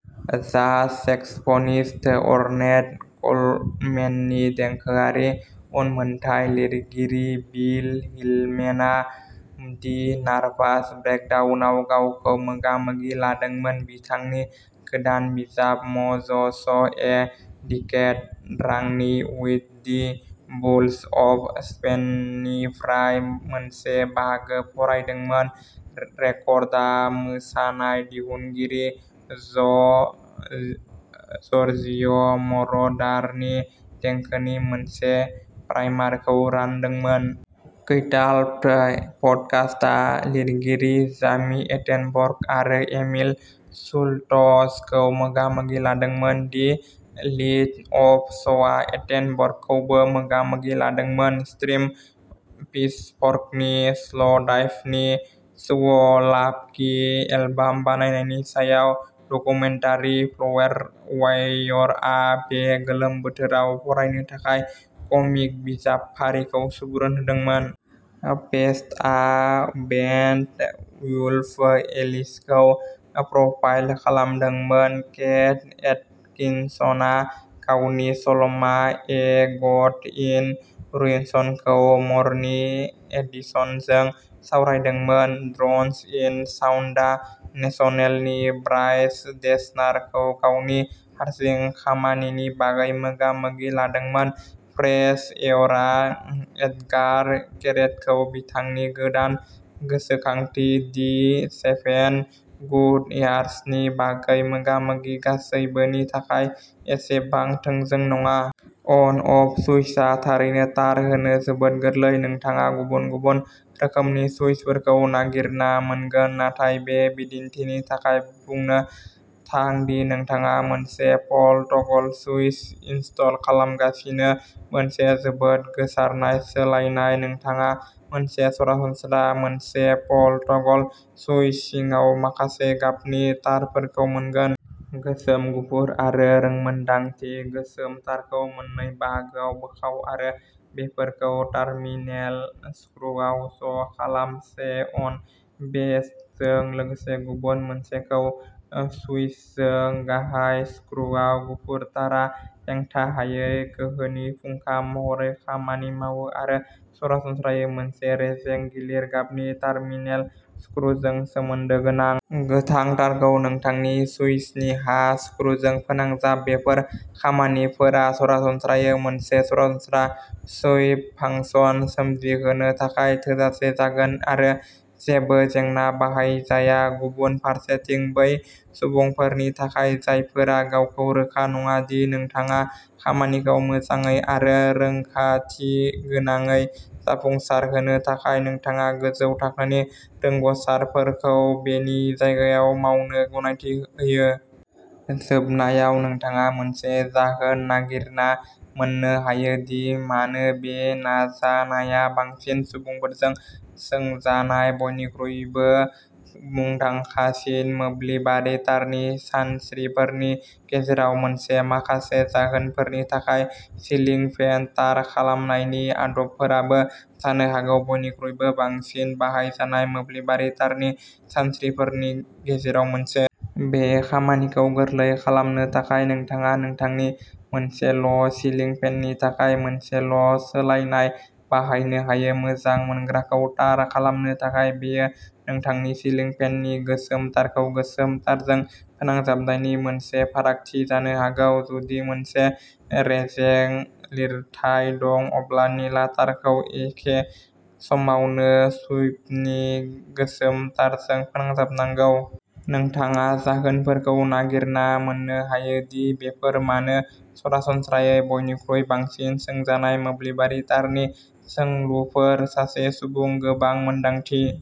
जाज saxophonist Ornette क'लमेननि देंखोआरि उनमोनथाइ। लिरगिरि बिल हिलमेनआ दि नार्भास ब्रेकडाउनआव गावखौ मोगा-मोगि लादोंमोन। बिथांनि गोदान बिजाब, Mozos a decade running with the bulls of स्पेननिफ्राय मोनसे बाहागो फरायदोंमोन। रेकर्डआ मोसानाय दिहुनगिरि ज'र्जिय'मर'डारनि देंखोनि मोनसे प्राइमारखौ रानदोंमोन। कैटापल्ट पडकास्टआ लिरगिरि जामि एटेनबर्ग आरो एमिलि शुल्ट्जखौ मोगा-मोगि लादोंमोन। दि लिट आप श'आ एटेनबर्गखौबो मोगा-मोगि लादोंमोन। स्ट्रिम पिचफर्कनि स्ल'डाइभनि सौवलाकी एलबाम बानायनायनि सायाव डकुमेन्टारि। फ्लेवरवायरआ बे गोलोम बोथोराव फरायनो थाखाय कमिक बिजाब फारिखौ सुबुरुन होदोंमोन। पेस्टआ बेन्ड वुल्फ एलिसखौ प्रफाइल खालामदोंमोन। केट एटकिनसनआ गावनि सल'मा ए गड इन रुइन्सखौ मर्निं एडिशनजों सावरायदोंमोन। ड्र'न्ड इन साउन्डआ नेसनेलनि ब्राइस डेसनारखौ गावनि हारसिं खामानिनि बागै मोगा-मोगि लादोंमोन। फ्रेश एयरआ एट्गार केरेटखौ बिथांनि गोदान गोसोखांथि दि सेभेन गुड इयार्सनि बागै मोगा-मोगि गासैबोनि थाखाय एसेबां थोंजों नङा। अन-अफ सुइचआ थारैनो तार होनो जोबोद गोरलै। नोंथाङा गुबुन-गुबुन रोखोमनि सुइचफोरखौ नागिरना मोनगोन, नाथाय बे बिदिन्थिनि थाखाय बुंनो थां दि नोंथाङा मोनसे पल टगल सुइच इनस्टल खालामगासिनो, मोनसे जोबोद गोसारनाय सोलायनाय। नोंथाङा मोनसे सरासनस्रा मोनसे पल टगल सुइच सिङाव माखासे गाबनि तारफोरखौ मोनगोन। गोसोम, गुफुर, आरो रोंमोन्दांङि। गोसोम तारखौ मोननै बाहागोआव बोखाव आरो बेफोरखौ टार्मिनेल स्क्रुआव ज'खालाम-से अन बेस्टजों लोगोसे गुबुन मोनसेखौ स्विचजों गाहाय स्क्रुआव। गुफुर तारआ हेंथाहायै गोहोनि फुंखा महरै खामानि मावो आरो सरासनस्रायै मोनसे रेजें-गिलिर गाबनि टार्मिनेल स्क्रुजों सोमोन्दो गोनां। गोथां तारखौ नोंथांनि सुइचनि हा स्क्रुजों फोनांजाब। बेफोर खामानिफोरा सरासनस्रायै मोनसे सरासनस्रा स्वैप फांसन सोमजिहोनो थाखाय थोजासे जागोन आरो जेबो जेंना बाहायजाया। गुबुन फारसेथिं, बै सुबुंफोरनि थाखाय जायफोरा गावखौ रोखा नङा दि नोंथाङा खामानिखौ मोजाङै आरो रैखाथिगोनाङै जाफुंसारहोनो हायो, नोंथाङा गोजौ थाखोनि रोंग'सारफोरखौ बेनि जायगायाव मावनो गनायथि होयो। जोबनायाव, नोंथाङा मोनसे जाहोन नागिरना मोन्नो हायो दि मानो बे नाजानाया बांसिन सुबुंफोरजों सोंजानाय बयनिख्रुइबो मुंदांखासिन मोब्लिबारि तारनि सानस्रिफोरनि गेजेराव मोनसे। माखासे जाहोनफोरनि थाखाय, सिलिं फेन तार खालामनायनि आदबफोराबो जानो हागौ बयनिख्रुइबो बांसिन बाहायजानाय मोब्लिबारि तारनि सानस्रिफोरनि गेजेराव मोनसे। बे खामानिखौ गोरलै खालामनो थाखाय, नोंथाङा नोंथांनि मोनसेल'सिलिं फेननि थाखाय मोनसेल'सोलायनाय बाहायनो हायो। मोजां मोनग्राखौ तार खालामनो थाखाय, बेयो नोंथांनि सिलिं फेननि गोसोम तारखौ गोसोम तारजों फोनांजाबनायनि मोनसे फारागथि जानो हागौ। जुदि मोनसे रेजें-लिरथाय दं, अब्ला निला तारखौ एखे समावनो स्वैपनि गोसोम तारजों फोनांजाबनांगौ। नोंथाङा जाहोनफोरखौ नागिरना मोन्नो हायो दि बेफोर मानो सरासनस्रायै बयनिख्रुइ बांसिन सोंजानाय मोब्लिबारि तारनि सोंलुफोर। सासे सुबुं, गोबां मोन्दांथि।